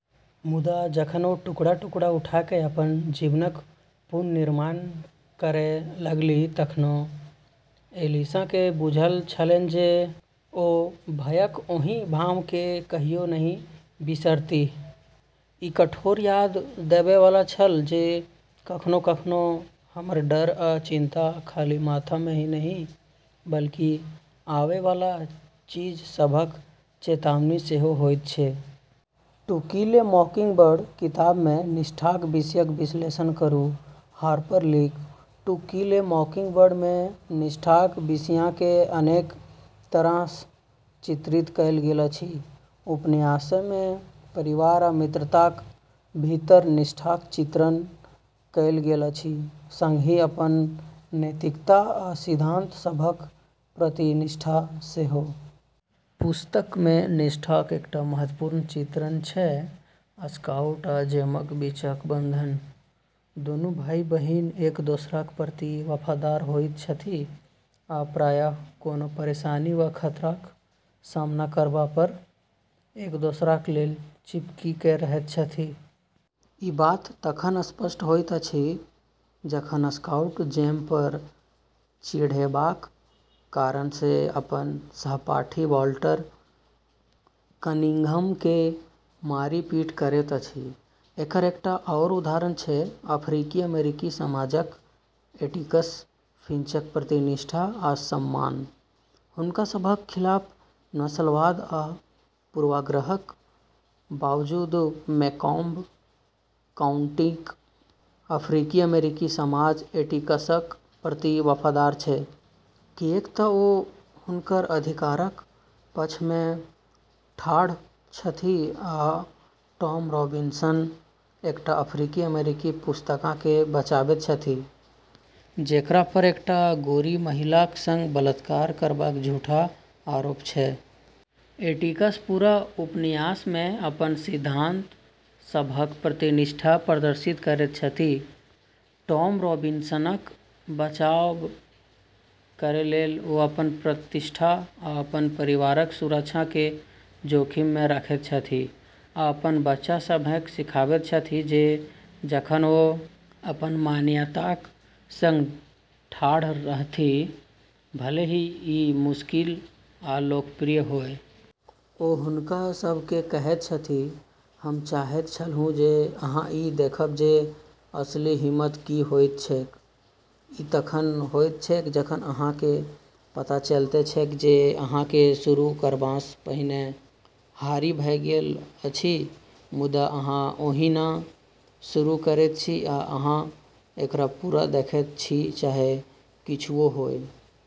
मुदा जखन ओ टुकड़ा-टुकड़ा उठा कऽ अपन जीवनक पुनर्निर्माण करै लगलीह तखनो ऐलिसकेँ बुझल छलैन जे ओ भयक ओहि भावकेँ कहियो नहि बिसरतीह। ई कठोर याद देबै वाला छल जे कखनो-कखनो, हमर डर आ चिंता खाली माथामे ही नहि, बल्कि आवै वाला चीज सभक चेतावनी सेहो होइत छै। "टू किल ए मॉकिंगबर्ड" किताबमे निष्ठाक विषयक विश्लेषण करू। हार्पर लीक "टू किल ए मॉकिंगबर्ड" मे निष्ठाक विषयकेँ अनेक तरहसँ चित्रित कएल गेल अछि। उपन्यासमे परिवार आ मित्रताक भीतर निष्ठाक चित्रण कएल गेल अछि, संगहि अपन नैतिकता आ सिद्धांत सभक प्रति निष्ठा सेहो। पुस्तकमे निष्ठाक एकटा महत्वपूर्ण चित्रण छै स्काउट आ जेमक बीचक बंधन। दूनू भाइ-बहिन एक दोसराक प्रति वफादार होइत छथि, आ प्रायः कोनो परेशानी वा खतराक सामना करबापर एक दोसराक लेल चिपकि कऽ रहैत छथि। ई बात तखन स्पष्ट होइत अछि जखन स्काउट जेमपर चिढ़ैबाक कारणसँ अपन सहपाठी वाल्टर कनिंघमकेँ मारि-पीट करैत अछि। एकर एकटा आओर उदाहरण छै अफ्रीकी-अमेरिकी समाजक एटिकस फिंचक प्रति निष्ठा आ सम्मान। हुनका सभक खिलाफ नस्लवाद आ पूर्वाग्रहक बावजूद मेकॉम्ब काउंटीक अफ्रीकी-अमेरिकी समाज एटिकसक प्रति वफादार छै, किऐक तऽ ओ हुनकर अधिकारक पक्षमे ठाढ़ छथि आ टॉम रॉबिन्सन, एकटा अफ्रीकी-अमेरिकी पुरुषकेँ बचाबैत छथि, जेकरापर एकटा गोरी महिलाक संग बलात्कार करबाक झूठा आरोप छै। एटिकस पूरा उपन्यासमे अपन सिद्धांत सभक प्रति निष्ठा प्रदर्शित करैत छथि। टॉम रॉबिन्सनक बचाव करैलेल ओ अपन प्रतिष्ठा, आ अपन परिवारक सुरक्षाकेँ जोखिममे रखैत छथि, आ अपन बच्चा सभकेँ सिखाबैत छथि जे जखन ओ अपन मान्यताक संग ठाढ़ रहथि, भले ही ई मुश्किल या अलोकप्रिय होइ। ओ हुनका सभकेँ कहैत छथि, "हम चाहैत छलहुँ जे अहाँ ई देखब जे असली हिम्मत की होइत छैक। ई तखन होइत छैक जखन अहाँकेँ पता चलैत छैक जे अहाँकेँ शुरू करबासँ पहिने हारि भऽ गेल अछि मुदा अहाँ ओहिना शुरू करैत छी आ अहाँ एकरा पूरा देखैत छी चाहे किछुओ होइ।"